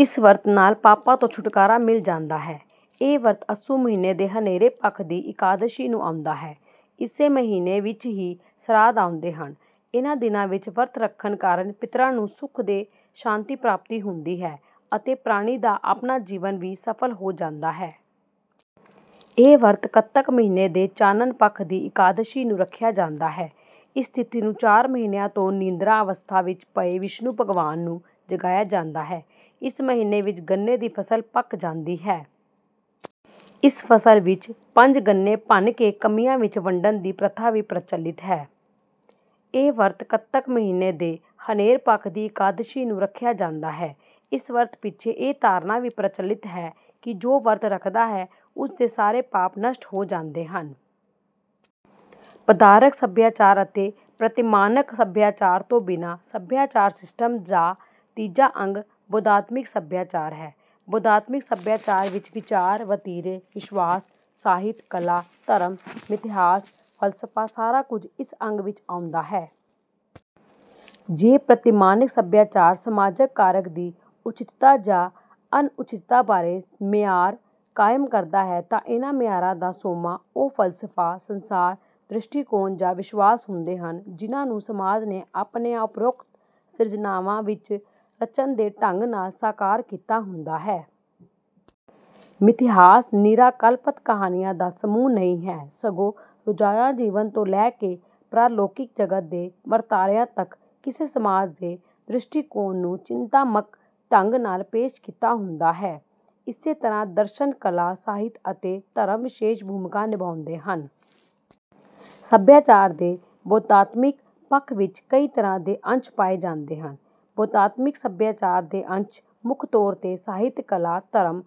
ਇਸ ਵਰਤ ਨਾਲ ਪਾਪਾਂ ਤੋਂ ਛੁਟਕਾਰਾ ਮਿਲ ਜਾਂਦਾ ਹੈ। ਇਹ ਵਰਤ ਅੱਸੂ ਮਹੀਨੇ ਦੇ ਹਨੇਰੇ ਪੱਖ ਦੀ ਇਕਾਦਸ਼ੀ ਨੂੰ ਆਉਂਦਾ ਹੈ। ਇਸੇ ਮਹੀਨੇ ਵਿੱਚ ਹੀ ਸਰਾਧ ਆਉਂਦੇ ਹਨ। ਇਹਨਾਂ ਦਿਨਾਂ ਵਿੱਚ ਵਰਤ ਰੱਖਣ ਕਾਰਨ ਪਿੱਤਰਾਂ ਨੂੰ ਸੁਖ ਤੇ ਸ਼ਾਂਤੀ ਪ੍ਰਾਪਤ ਹੁੰਦੀ ਹੈ ਅਤੇ ਪ੍ਰਾਣੀ ਦਾ ਆਪਣਾ ਜੀਵਨ ਵੀ ਸਫਲ ਹੋ ਜਾਂਦਾ ਹੈ। ਇਹ ਵਰਤ ਕੱਤਕ ਮਹੀਨੇ ਦੇ ਚਾਨਣ ਪੱਖ ਦੀ ਇਕਾਦਸ਼ੀ ਨੂੰ ਰੱਖਿਆ ਜਾਂਦਾ ਹੈ। ਇਸ ਤਿਥੀ ਨੂੰ ਚਾਰ ਮਹੀਨਿਆਂ ਤੋਂ ਨਿੰਦਰਾਂ ਅਵਸਥਾ ਵਿੱਚ ਪਏ ਵਿਸ਼ਨੂੰ ਭਗਵਾਨ ਨੂੰ ਜਗਾਇਆ ਜਾਂਦਾ ਹੈ। ਇਸ ਮਹੀਨੇ ਵਿੱਚ ਗੰਨੇ ਦੀ ਫਸਲ ਪੱਕ ਜਾਂਦੀ ਹੈ। ਇਸ ਫਸਲ ਵਿੱਚ ਪੰਜ ਗੰਨੇ ਭੰਨ ਕੇ ਕਮੀਆਂ ਵਿੱਚ ਵੰਡਣ ਦੀ ਪ੍ਰਥਾ ਵੀ ਪ੍ਰਚਲਿਤ ਹੈ। ਇਹ ਵਰਤ ਕੱਤਕ ਮਹੀਨੇ ਦੇ ਹਨੇਰ ਪੱਖ ਦੀ ਇਕਾਦਸ਼ੀ ਨੂੰ ਰੱਖਿਆ ਜਾਂਦਾ ਹੈ। ਇਸ ਵਰਤ ਪਿੱਛੇ ਇਹ ਧਾਰਨਾ ਵੀ ਪ੍ਰਚਲਿਤ ਹੈ ਕਿ ਜੋ ਵਰਤ ਰੱਖਦਾ ਹੈ ਉਸਦੇ ਸਾਰੇ ਪਾਪ ਨਸ਼ਟ ਹੋ ਜਾਂਦੇ ਹਨ। ਪਦਾਰਥਕ ਸਭਿਆਚਾਰ ਅਤੇ ਪ੍ਰਤਿਮਾਨਿਕ ਸਭਿਆਚਾਰ ਤੋਂ ਬਿਨਾਂ ਸਭਿਆਚਾਰ ਸਿਸਟਮ ਦਾ ਤੀਜਾ ਅੰਗ ਬੋਧਾਤਮਿਕ ਸਭਿਆਚਾਰ ਹੈ। ਬੋਧਾਤਮਿਕ ਸਭਿਆਚਾਰ ਵਿੱਚ ਵਿਚਾਰ, ਵਤੀਰੇ, ਵਿਸ਼ਵਾਸ, ਸਾਹਿਤ, ਕਲਾ, ਧਰਮ, ਮਿਥਿਹਾਸ, ਫ਼ਲਸਫ਼ਾ ਸਾਰਾ ਕੁਝ ਇਸ ਅੰਗ ਵਿੱਚ ਆਉਂਦਾ ਹੈ। ਜੇ ਪ੍ਰਤਿਮਾਨਿਕ ਸਭਿਆਚਾਰ ਸਮਾਜਕ ਕਾਰਜ ਦੀ ਉਚਿਤਤਾ ਜਾਂ ਅਣਉਚਿਤਤਾ ਬਾਰੇ ਮਿਆਰ ਕਾਇਮ ਕਰਦਾ ਹੈ ਤਾਂ ਇਹਨਾਂ ਮਿਆਰਾਂ ਦਾ ਸੋਮਾ ਉਹ ਫ਼ਲਸਫ਼ਾ, ਸੰਸਾਰ ਦ੍ਰਿਸ਼ਟੀਕੋਣ ਜਾਂ ਵਿਸ਼ਵਾਸ ਹੁੰਦੇ ਹਨ ਜਿਹਨਾਂ ਨੂੰ ਸਮਾਜ ਨੇ ਆਪਣੀਆਂ ਉੱਪਰੋਕਤ ਸਿਰਜਣਾਵਾਂ ਵਿੱਚ ਰਚਨ ਦੇ ਢੰਗ ਨਾਲ ਸਾਕਾਰ ਕੀਤਾ ਹੁੰਦਾ ਹੈ। ਮਿਥਿਹਾਸ ਨਿਰਾ ਕਲਪਤ ਕਹਾਣੀਆਂ ਦਾ ਸਮੂਹ ਨਹੀਂ ਹੈ ਸਗੋਂ ਰੋਜ਼ਾਨਾ ਜੀਵਨ ਤੋਂ ਲੈ ਕੇ ਪਰਾਲੌਕਿਕ ਜਗਤ ਦੇ ਵਰਤਾਰਿਆਂ ਤੱਕ ਕਿਸੇ ਸਮਾਜ ਦੇ ਦ੍ਰਿਸ਼ਟੀਕੋਣ ਨੂੰ ਚਿੰਨ੍ਹਾਤਮਕ ਢੰਗ ਨਾਲ ਪੇਸ਼ ਕੀਤਾ ਹੁੰਦਾ ਹੈ। ਇਸੇ ਤਰ੍ਹਾਂ ਦਰਸ਼ਨ, ਕਲਾ, ਸਾਹਿਤ ਅਤੇ ਧਰਮ ਵਿਸ਼ੇਸ਼ ਭੂਮਿਕਾ ਨਿਭਾਉਂਦੇ ਹਨ। ਸਭਿਆਚਾਰ ਦੇ ਬੋਧਾਤਮਿਕ ਪੱਖ ਵਿੱਚ ਕਈ ਤਰ੍ਹਾਂ ਦੇ ਅੰਸ਼ ਪਾਏ ਜਾਂਦੇ ਹਨ। ਬੋਧਾਤਮਿਕ ਸਭਿਆਚਾਰ ਦੇ ਅੰਸ਼ ਮੁੱਖ ਤੌਰ 'ਤੇ ਸਾਹਿਤ, ਕਲਾ, ਧਰਮ,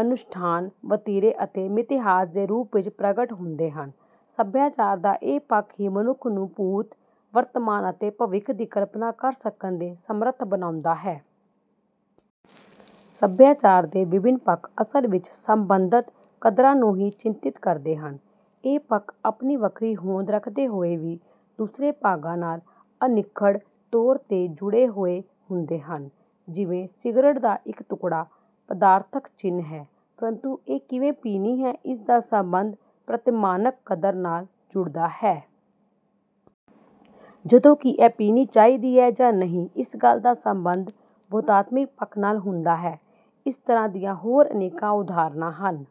ਅਨੁਸ਼ਠਾਨ, ਵਤੀਰੇ ਅਤੇ ਮਿਥਿਹਾਸ ਦੇ ਰੂਪ ਵਿੱਚ ਪ੍ਰਗਟ ਹੁੰਦੇ ਹਨ। ਸਭਿਆਚਾਰ ਦਾ ਇਹ ਪੱਖ ਹੀ ਮਨੁੱਖ ਨੂੰ ਭੂਤ, ਵਰਤਮਾਨ ਅਤੇ ਭਵਿੱਖ ਦੀ ਕਲਪਨਾ ਕਰ ਸਕਣ ਦੇ ਸਮਰੱਥ ਬਣਾਉਂਦਾ ਹੈ। ਸਭਿਆਚਾਰ ਦੇ ਵਿਭਿੰਨ ਪੱਖ ਅਸਲ ਵਿੱਚ ਸੰਬੰਧਤ ਕਦਰਾਂ ਨੂੰ ਹੀ ਚਿੰਨ੍ਹਿਤ ਕਰਦੇ ਹਨ। ਇਹ ਪੱਖ ਆਪਣੀ ਵੱਖਰੀ ਹੋਂਦ ਰੱਖਦੇ ਹੋਏ ਵੀ ਦੂਸਰੇ ਭਾਗਾਂ ਨਾਲ ਅਨਿੱਖੜ ਤੌਰ 'ਤੇ ਜੁੜੇ ਹੋਏ ਹੁੰਦੇ ਹਨ। ਜਿਵੇਂ ਸਿਗਰਟ ਦਾ ਇੱਕ ਟੁਕੜਾ ਪਦਾਰਥਕ ਚਿੰਨ੍ਹ ਹੈ, ਪਰੰਤੂ ਇਹ ਕਿਵੇਂ ਪੀਣੀ ਹੈ ਇਸ ਦਾ ਸੰਬੰਧ ਪ੍ਰਤਿਮਾਨਿਕ ਕਦਰ ਨਾਲ ਜੁੜਦਾ ਹੈ। ਜਦੋਂ ਕਿ ਇਹ ਪੀਣੀ ਚਾਹੀਦੀ ਹੈ ਜਾਂ ਨਹੀਂ ਇਸ ਗੱਲ ਦਾ ਸੰਬੰਧ ਬੋਧਾਤਮਿਕ ਪੱਖ ਨਾਲ ਹੁੰਦਾ ਹੈ। ਇਸ ਤਰ੍ਹਾਂ ਦੀਆਂ ਹੋਰ ਅਨੇਕਾਂ ਉਦਾਹਰਨਾਂ ਹਨ।